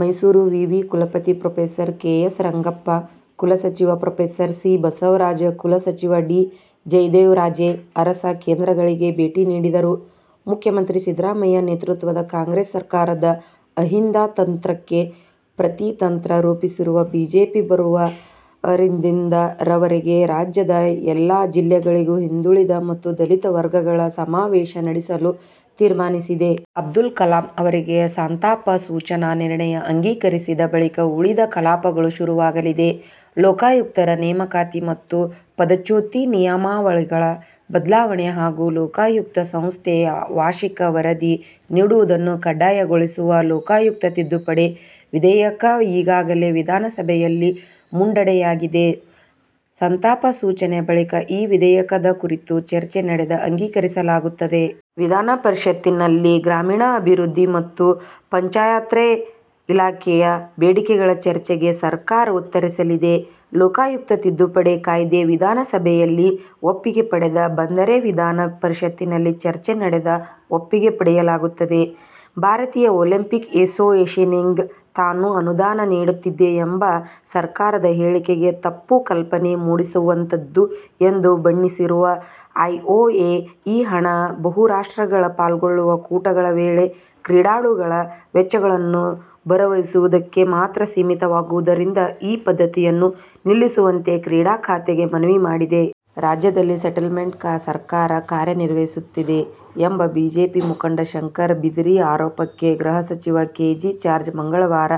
ಮೈಸೂರು ವಿವಿ ಕುಲಪತಿ prof. K. S. Rangappa, ಕುಲಸಚಿವ ಪ್ರೊ. ಸಿ. ಬಸವರಾಜು, ಕುಲಸಚಿವ ಡಿ. ಜಯದೇವರಾಜೇ ಅರಸ್ ಕೇಂದ್ರಗಳಿಗೆ ಭೇಟಿ ನೀಡಿದರು. ಮುಖ್ಯಮಂತ್ರಿ ಸಿದ್ದರಾಮಯ್ಯ ನೇತೃತ್ವದ ಕಾಂಗ್ರೆಸ್ ಸರ್ಕಾರದ ಅಹಿಂದ ತಂತ್ರಕ್ಕೆ ಪ್ರತಿತಂತ್ರ ರೂಪಿಸಿರುವ ಬಿಜೆಪಿ, ಬರುವ ಅ. ರಿಂದ ನ. ರವರೆಗೆ ರಾಜ್ಯದ ಎಲ್ಲ ಜಿಲ್ಲೆಗಳಲ್ಲೂ ಹಿಂದುಳಿದ ಮತ್ತು ದಲಿತ ವರ್ಗಗಳ ಸಮಾವೇಶ ನಡೆಸಲು ತೀರ್ಮಾನಿಸಿದೆ. ಅಬ್ದುಲ್ ಕಲಾಂ ಅವರಿಗೆ ಸಂತಾಪ ಸೂಚನಾ ನಿರ್ಣಯ ಅಂಗೀಕರಿಸಿದ ಬಳಿಕ ಉಳಿದ ಕಲಾಪಗಳು ಶುರುವಾಗಲಿದೆ. ಲೋಕಾಯುಕ್ತರ ನೇಮಕಾತಿ ಮತ್ತು ಪದಚ್ಯುತಿ ನಿಯಮಾವಳಿಗಳ ಬದಲಾವಣೆ ಹಾಗೂ ಲೋಕಾಯುಕ್ತ ಸಂಸ್ಥೆ ವಾರ್ಷಿಕ ವರದಿ ನೀಡುವುದನ್ನು ಕಡ್ಡಾಯಗೊಳಿಸುವ ಲೋಕಾಯುಕ್ತ ತಿದ್ದುಪಡಿ ವಿಧೇಯಕ ಈಗಾಗಲೇ ವಿಧಾನಸಭೆಯಲ್ಲಿ ಮಂಡನೆಯಾಗಿದ್ದು, ಸಂತಾಪ ಸೂಚನೆ ಬಳಿಕ ಈ ವಿಧೇಯಕದ ಕುರಿತು ಚರ್ಚೆ ನಡೆದು ಅಂಗೀಕರಿಸಲಾಗುತ್ತದೆ. ವಿಧಾನ ಪರಿಷತ್ತಿನಲ್ಲಿ ಗ್ರಾಮೀಣಾಭಿವೃದ್ಧಿ ಮತ್ತು ಪಂಚಾಯತ್ರಾಜ್ ಇಲಾಖೆಯ ಬೇಡಿಕೆಗಳ ಚರ್ಚೆಗೆ ಸರ್ಕಾರ ಉತ್ತರಿಸಲಿದೆ. ಲೋಕಾಯುಕ್ತ ತಿದ್ದುಪಡಿ ಕಾಯ್ದೆ ವಿಧಾನಸಭೆಯಲ್ಲಿ ಒಪ್ಪಿಗೆ ಪಡೆದು ಬಂದರೆ ವಿಧಾನ ಪರಿಷತ್ತಿನಲ್ಲಿ ಚರ್ಚೆ ನಡೆದು ಒಪ್ಪಿಗೆ ಪಡೆಯಲಾಗುತ್ತದೆ. ಭಾರತೀಯ ಒಲಿಂಪಿಕ್ ಎಸೋಸಿಯೇಶನ್ಗೆ ತಾನು ಅನುದಾನ ನೀಡುತ್ತಿದ್ದೇನೆಂಬ ಸರಕಾರದ ಹೇಳಿಕೆ ತಪ್ಪು ಕಲ್ಪನೆ ಮೂಡಿಸುವಂಥದ್ದುಎಂದು ಬಣ್ಣಿಸಿರುವ ಐಒಎ, ಈ ಹಣ ಬಹುರಾಷ್ಟ್ರಗಳು ಪಾಲ್ಗೊಳ್ಳುವ ಕೂಟಗಳ ವೇಳೆ ಕ್ರೀಡಾಳುಗಳ ವೆಚ್ಚಗಳನ್ನು ಭರಿಸುವುದಕ್ಕೆ ಮಾತ್ರ ಸೀಮಿತವಾಗಿರುವುದರಿಂದ ಈ ಪದ್ಧತಿಯನ್ನು ನಿಲ್ಲಿಸುವಂತೆ ಕ್ರೀಡಾ ಖಾತೆಗೆ ಮನವಿ ಮಾಡಿದೆ. ರಾಜ್ಯದಲ್ಲಿ ಸೆಟಲ್ ಮೆಂಟ್ ಸರ್ಕಾರ ಕಾರ್ಯನಿರ್ವಹಿಸುತ್ತಿದೆ ಎಂಬ ಬಿಜೆಪಿ ಮುಖಂಡ ಶಂಕರ ಬಿದರಿ ಆರೋಪಕ್ಕೆ ಗೃಹಸಚಿವ ಕೆ. ಜೆ. ಜಾರ್ಜ್ ಮಂಗಳವಾರ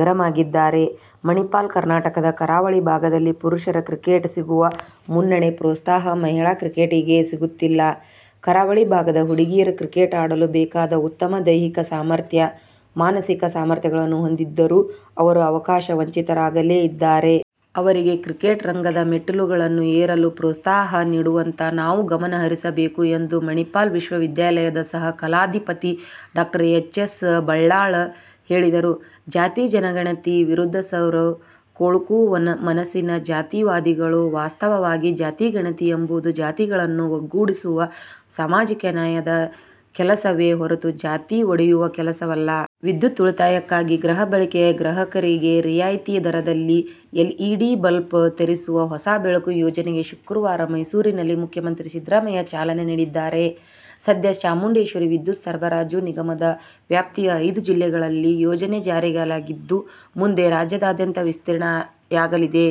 ಗರಂ ಆಗಿದ್ದಾರೆ. ಮಣಿಪಾಲ ಕರ್ನಾಟಕದ ಕರಾವಳಿ ಭಾಗದಲ್ಲಿ ಪುರುಷರ ಕ್ರಿಕೆಟಿಗೆ ಸಿಗುವ ಮನ್ನಣೆ, ಪ್ರೋತ್ಸಾಹ ಮಹಿಳಾ ಕ್ರಿಕೆಟಿಗೆ ಸಿಗುತ್ತಿಲ್ಲ. ಕರಾವಳಿ ಭಾಗದ ಹುಡುಗಿಯರು ಕ್ರಿಕೆಟ್ಆಡಲು ಬೇಕಾದ ಉತ್ತಮ ದೈಹಿಕ ಸಾಮರ್ಥ್ಯ, ಮಾನಸಿಕ ಸಾಮರ್ಥ್ಯಗಳನ್ನು ಹೊಂದಿದ್ದರೂ ಅವರು ಅವಕಾಶ ವಂಚಿತರಾಗುತ್ತಲೇ ಇದ್ದಾರೆ. ಅವರಿಗೆ ಕ್ರಿಕೆಟ್ ರಂಗದ ಮೆಟ್ಟಿಲುಗಳನ್ನು ಏರಲು ಪೋ›ತ್ಸಾಹ ನೀಡುವತ್ತ ನಾವು ಗಮನಹರಿಸಬೇಕು ಎಂದು ಮಣಿಪಾಲ ವಿಶ್ವವಿದ್ಯಾಲಯದ ಸಹ ಕುಲಾಧಿಪತಿ ಡಾ ಎಚ್. ಎಸ್. ಬಲ್ಲಾಳ್ ಹೇಳಿದರು. "ಜಾತಿ ಜನಗಣತಿ ವಿರೋಧಿಸುವವರು ಕೊಳಕು ಮನಸ್ಸಿನ ಜಾತಿವಾದಿಗಳು. ವಾಸ್ತವವಾಗಿ ಜಾತಿ ಗಣತಿ ಎಂಬುದು ಜಾತಿಗಳನ್ನು ಒಟ್ಟುಗೂಡಿಸುವ ಸಾಮಾಜಿಕ ನ್ಯಾಯದ ಕೆಲಸವೇ ಹೊರತು ಜಾತಿ ಒಡೆಯುವ ಕೆಲಸವಲ್ಲ. ವಿದ್ಯುತ್ ಉಳಿತಾಯಕ್ಕಾಗಿ ಗೃಹ ಬಳಕೆ ಗ್ರಾಹಕರಿಗೆ ರಿಯಾಯಿತಿ ದರದಲ್ಲಿ ಎಲ್ಇಡಿ ಬಲ್ಬ್ವಿ ತರಿಸುವ 'ಹೊಸ ಬೆಳಕು' ಯೋಜನೆಗೆ ಶುಕ್ರವಾರ ಮೈಸೂರಿನಲ್ಲಿ ಮುಖ್ಯಮಂತ್ರಿ ಸಿದ್ದರಾಮಯ್ಯ ಚಾಲನೆ ನೀಡಲಿದ್ದಾರೆ. ಸದ್ಯ ಚಾಮುಂಡೇಶ್ವರಿ ವಿದ್ಯುತ್ ಸರಬರಾಜು ನಿಗಮ ದ ವ್ಯಾಪ್ತಿಯ ಐದು ಜಿಲ್ಲೆಗಳಲ್ಲಿ ಯೋಜನೆ ಜಾರಿಯಾಗಲಿದ್ದು, ಮುಂದೆ ರಾಜ್ಯಾದ್ಯಂತ ವಿಸ್ತರಣೆಯಾಗಲಿದೆ.